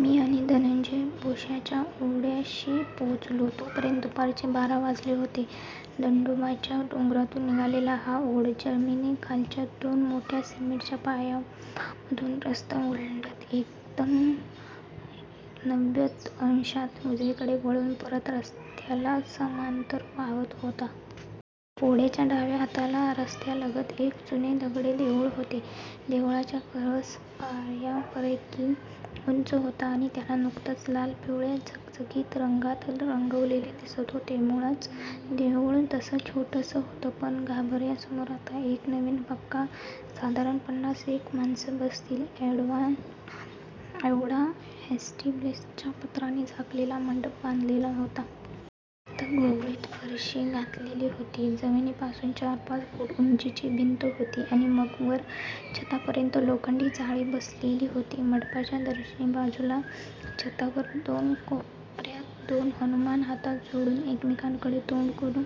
मी आणि धनंजय भोश्याच्या ओढ्याशी पोचलो तोपर्यंत दुपारचे बारा वाजले होते. दंडोबाच्या डोंगरातून निघालेला हा ओढा, जमिनीखालच्या दोन मोठ्या सिमेंटच्या पायपांमधून रस्ता ओलांडत एकदम नव्वद अंशात उजवीकडे वळून परत रस्त्याला समांतर वाहत होता. ओढ्याच्या डाव्या हाताला, रस्त्यालगत एक जुनं दगडी देउळ होतं. देवळाचा कळस बर्यापैकी उंच होता आणि त्याला नुकतच लाल-पिवळ्या झगझगीत रंगात रंगवलेलं दिसत होतं. मूळचं देउळ तसं छोटसंच होतं. पण गाभार्यासमोर आता एक नवीन पक्का, साधारण पन्नास एक माणसं बसतील एव्हडा ॲस्बेस्टॉसच्या पत्र्यांनी झाकलेला मंडप बांधलेला होता. आत गुळगुळीत फरशी घातलेली होती. जमिनीपासून चार-पाच फूट उंचीची भिंत होती आणि मग वर छतापर्यंत लोखंडी जाळी बसवलेली होती. मंडपाच्या दर्शनी बाजूला, छतावर दोन कोपर्यात दोन हनुमान हात जोडून, एकमेकांकडे तोंड करुन,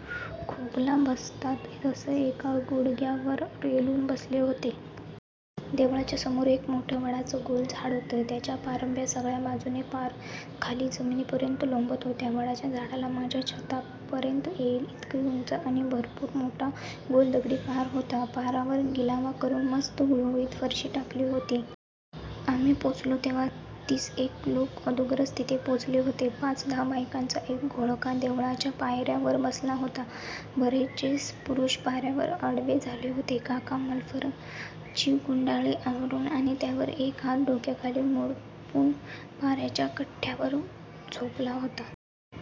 खोखोला बसतात तसं एका गुढग्यावर रेलून बसले होते. देवळाच्या समोर एक मोठ्ठं वडाचं गोल झाड होतं. त्याच्या पारंब्या सगळ्या बाजूंनी पार खाली जमिनीपर्यंत लोंबत होत्या. वडाच्या झाडाला माझ्या छातीपर्यंत येइल इतका उंच आणि भरपूर मोठा गोल दगडी पार होता. पारावर गिलावा करुन मस्त गुळगुळीत फरशी टाकलेली होती. आम्ही पोचलो तेव्हा तीसएक लोकं अगोदरच तिथे पोचलेले होते. पाच-दहा बायकांचा एक घोळका देवळाच्या पायर्यांवर बसला होता. बरेचसे पुरुष पारावर आडवे झाले होते. काका मफलरची गुंडाळी करुन आणि त्यावर एक हात डोक्याखाली मुडपून पाराच्या कट्ट्यावर वर झोपले होते.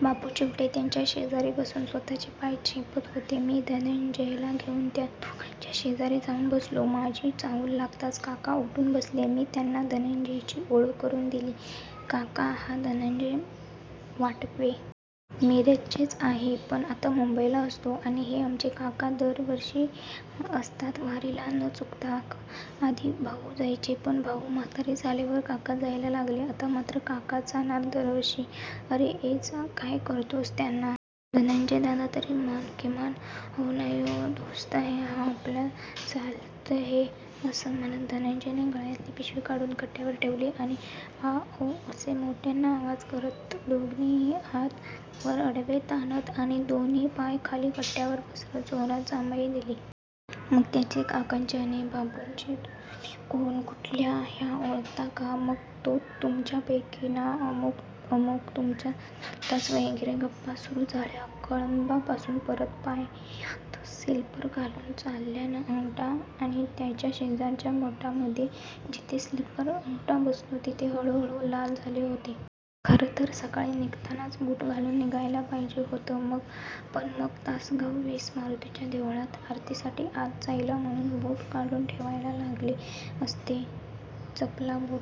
बापू चिवटे त्यांच्या शेजारी बसून स्वतःचे पाय चेपत होते. मी धनंजयला घेउन त्या दोघांच्या शेजारी जाउन बसलो. माझी चाहूल लागताच काका उठून बसले. मी त्यांना धनंजयची ओळख करुन दिली. काका, हा धनंजय वाटवे. मिरजेचाच आहे, पण आता मुंबईला असतो. आणि हे आमचे काका! दरवर्षी असतात वारीला. न चूकता. आधी भाउ जायचे. पण भाउ म्हातारे झाल्यावर काका जायला लागले. आता मात्र काकाच जाणार दरवर्षी. अरे ए-जा काय करतोस त्यांना. धनंजयदादा तरी म्हण किमान. अहो नाही हो. दोस्त आहे हा आपला. चलता है. असं म्हणत धनंजयने गळ्यातली पिशवी काढून कट्ट्यावर ठेवली आणि आं उं असे मोठ्याने आवाज करत, दोन्ही हात वर-आडवे ताणत आणि दोन्ही पाय खाली कट्ट्यावर पसरत जोरात जांभई दिली. मग त्याचे, काकांचे आणि बापूंचे, तुम्ही कोण, कुठले, ह्याला ओळखता का, मग तो तुमच्यापैकीच ना, अमूक अमूक तुमचा चुलताच वगैरे गप्पा सुरु झाल्या. कळंबीपासून परत पायात स्लीपर घालून चालल्यानं, अंगठा आणि त्याच्या शेजारच्या बोटाच्यामध्ये, जिथे स्लीपरचा अंगठा बसतो, तिथे हुळहुळुन लाल झालं होतं. खरतर सकाळी निघतानाच बूट घालून निघायला पाहिजे होतं. पण मग तासगाव वेस मारुतीच्या देवळात आरतीसाठी आत जायला म्हणुन बूट काढून ठेवायला लागले असते. चपला-बूट